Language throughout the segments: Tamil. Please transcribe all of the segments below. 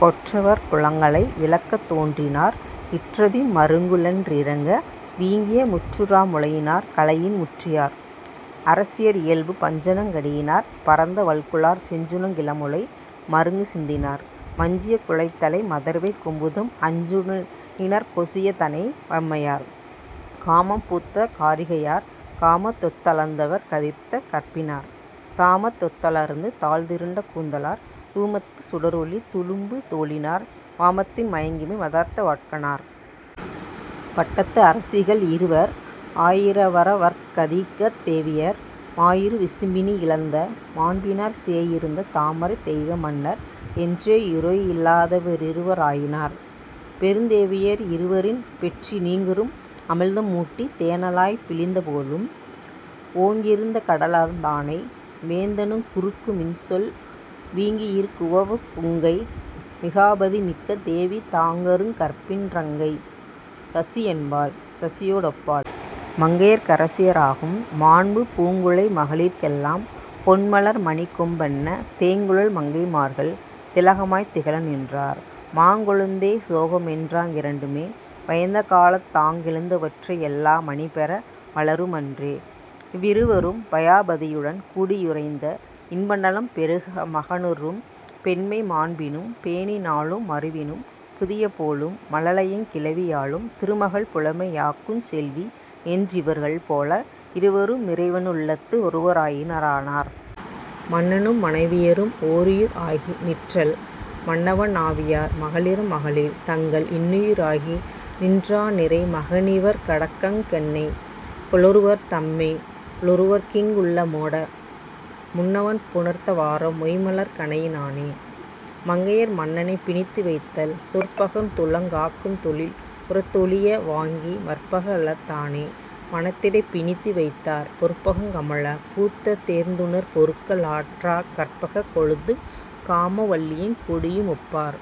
கொற்றவர் குலங்களை விளக்கத் தோன்றினார் இற்றதிம் மருங்குலென் றிரங்க வீங்கிய முற்றுறா முலையினார் கலையின் முற்றியார். அரசியர் இயல்பு பஞ்சனுங் கடியினார் பரந்த வல்குலார் செஞ்சுணங் கிளமுலை மருங்கு சிந்தினார் வஞ்சியங் குழைத்தலை மதர்வைக் கொம்புதம் அஞ்சுட ரிணர்க்கொசிந் தனைய வைம்மையார். காமம் பூத்த காரிகையர் காமத்தொத் தலர்ந்தவர் கதிர்த்த கற்பினார் தாமத்தொத் தலர்ந்துதாழ்ந் திருண்ட கூந்தலார் தூமத்துச் சுடரொளி துளும்பு தோளினார் வாமத்தின் மயங்கிமை மதர்த்த வாட்கணார். பட்டத்து அரசிகள் இருவர் ஆயிர ரவரவர்க் கதிகத் தேவியர் மாயிரு விசும்பினி னிழிந்த மாண்பினார் சேயிருந் தாமரைத் தெய்வ மன்னர் என் றேயுரை யிலாதவ ரிருவ ராயினார். பெருந்தேவியர் இருவரின் பெற்றி நீங்கரும் பமிழ்த மூட்டித் தேனளாய்ப் பிழிந்த போலும் ஓங்கிருங் கடலந் தானை வேந்தணங் குறுக்கு மின்சொல் வீங்கிருங் குவவுக் கொங்கை மிகாபதி மிக்க தேவி தாங்கருங் கற்பின் றங்கை சசிஎன்பாள் சசியோ டொப்பாள். மங்கையர்க்கரசியராகும் மாண்பு பூங்குழை மகளிர்க் கெல்லாம் பொன்மலர் மணிக்கொம் பன்ன தேங்குழல் மங்கை மார்கள் திலகமாய்த் திகழ நின்றார் மாங்கொழுந் தசோக மென்றாங் கிரண்டுமே வயந்த காலத் தாங்கெழுந் தவற்றை யெல்லா மணிபெற வலரு மன்றே. இவ்விருவரும் பயாபதியுடன் கூடியுறைந்த இன்பநலம் பெருமக னுருகும் பெண்மை மாண்பினும் பேணி நாளும் மருவினும் புதிய போலும் மழலையங் கிளவி யாலும் திருமகள் புலமை யாக்குஞ் செல்விஎன் றிவர்கள் போல இருவரு மிறைவ னுள்ளத் தொருவரா யினிய ரானார். மன்னனும் மனைவியரும் ஓருயிர் ஆகி நிற்றல் மன்னவ னாவி யாவார் மகளிரம் மகளிர் தங்கள் இன்னுயி ராகி நின்றா னிறைமக னிவர்க டங்கட் கென்னைகொ லொருவர் தம்மே லொருவர்க்கிங் குள்ள மோட முன்னவன் புணர்த்த வாறம் மொய்ம்மலர்க் கணையி னானே. மங்கையர் மன்னனைப் பிணித்து வைத்தல் சொற்பகர்ந் துலகங் காக்குந் தொழில்புறத் தொழிய வாங்கி மற்பக ரகலத் தானை மனத்திடைப் பிணித்து வைத்தார் பொற்பகங் கமழப் பூத்த தேந்துணர் பொறுக்க லாற்றாக் கற்பகக் கொழுந்துங் காம வல்லியங் கொடியு மொப்பார்.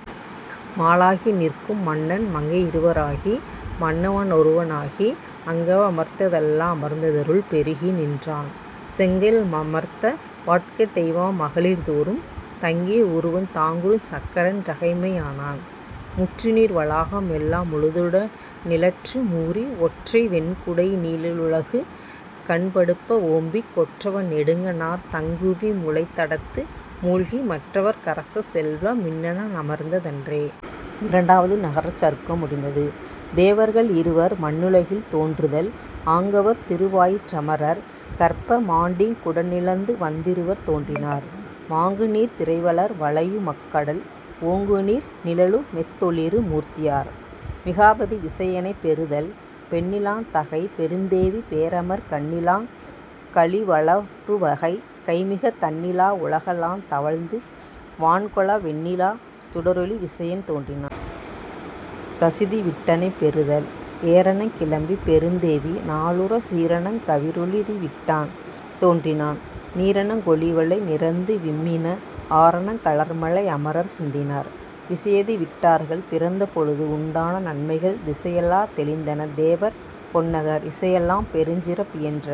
மாலாகி நிற்கும் மன்னன் மங்கைய ரிருவ ராகி மன்னவ னொருவ னாகி அங்கவ ரமர்ந்த தெல்லா மமர்ந்தருள் பெருகி நின்றான் செங்கயல் மதர்த்த வாட்கட் டெய்வமா மகளிர் தோறும் தங்கிய வுருவந் தாங்குஞ் சக்கரன் றகைமை யானான். முற்றுநீர் வளாக மெல்லா முழுதுட னிழற்று மூரி ஒற்றைவெண் குடையி னீழ லுலகுகண் படுப்ப வோம்பிக் கொற்றவ னெடுங்க ணார்தங் குவிமுலைத் தடத்து மூழ்கி மற்றவற் கரசச் செல்வ மின்னண மமர்ந்த தன்றே. இரண்டாவது நகரச்சருக்கம் முடிந்தது. தேவர்கள் இருவர் மண்ணுலகில் தோன்றுதல் ஆங்கவர் திருவயிற் றமரர் கற்பமாண் டீங்குட னிழிந்துவந் திருவர் தோன்றினார் வாங்குநீர்த் திரைவளர் வளையு மக்கடல் ஓங்குநீர் நிழலுமொத் தொளிரு மூர்த்தியார். மிகாபதி விசயனைப் பெறுதல் பெண்ணிலாந் தகைப்பெருந் தேவி பேரமர்க் கண்ணிலாங் களிவள ருவகை கைம்மிகத் தண்ணிலா வுலகெலாந் தவழந்து வான்கொள வெண்ணிலா சுடரொளி விசயன் றோன்றினான். சசி திவிட்டனைப் பெறுதல் ஏரணங் கிளம்பெருந் தேவி நாளுறச் சீரணங் கவிரொளித் திவிட்டன் றோன்றினான் நீரணங் கொளிவளை நிரந்து விம்மின ஆரணங் கலர்மழை யமரர் சிந்தினார். விசயதிவிட்டர்கள் பிறந்தபொழுது உண்டான நன்மைகள் திசையெலாத் தெளிந்தன தேவர் பொன்னகர் இசையெலாம் பெருஞ்சிறப் பியன்ற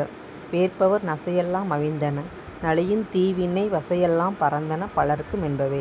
வேற்பவர் நசையெலா மவிந்தன நலியுந் தீவினைப் பசையெலாம் பறந்தன பலர்க்கு மென்பவே.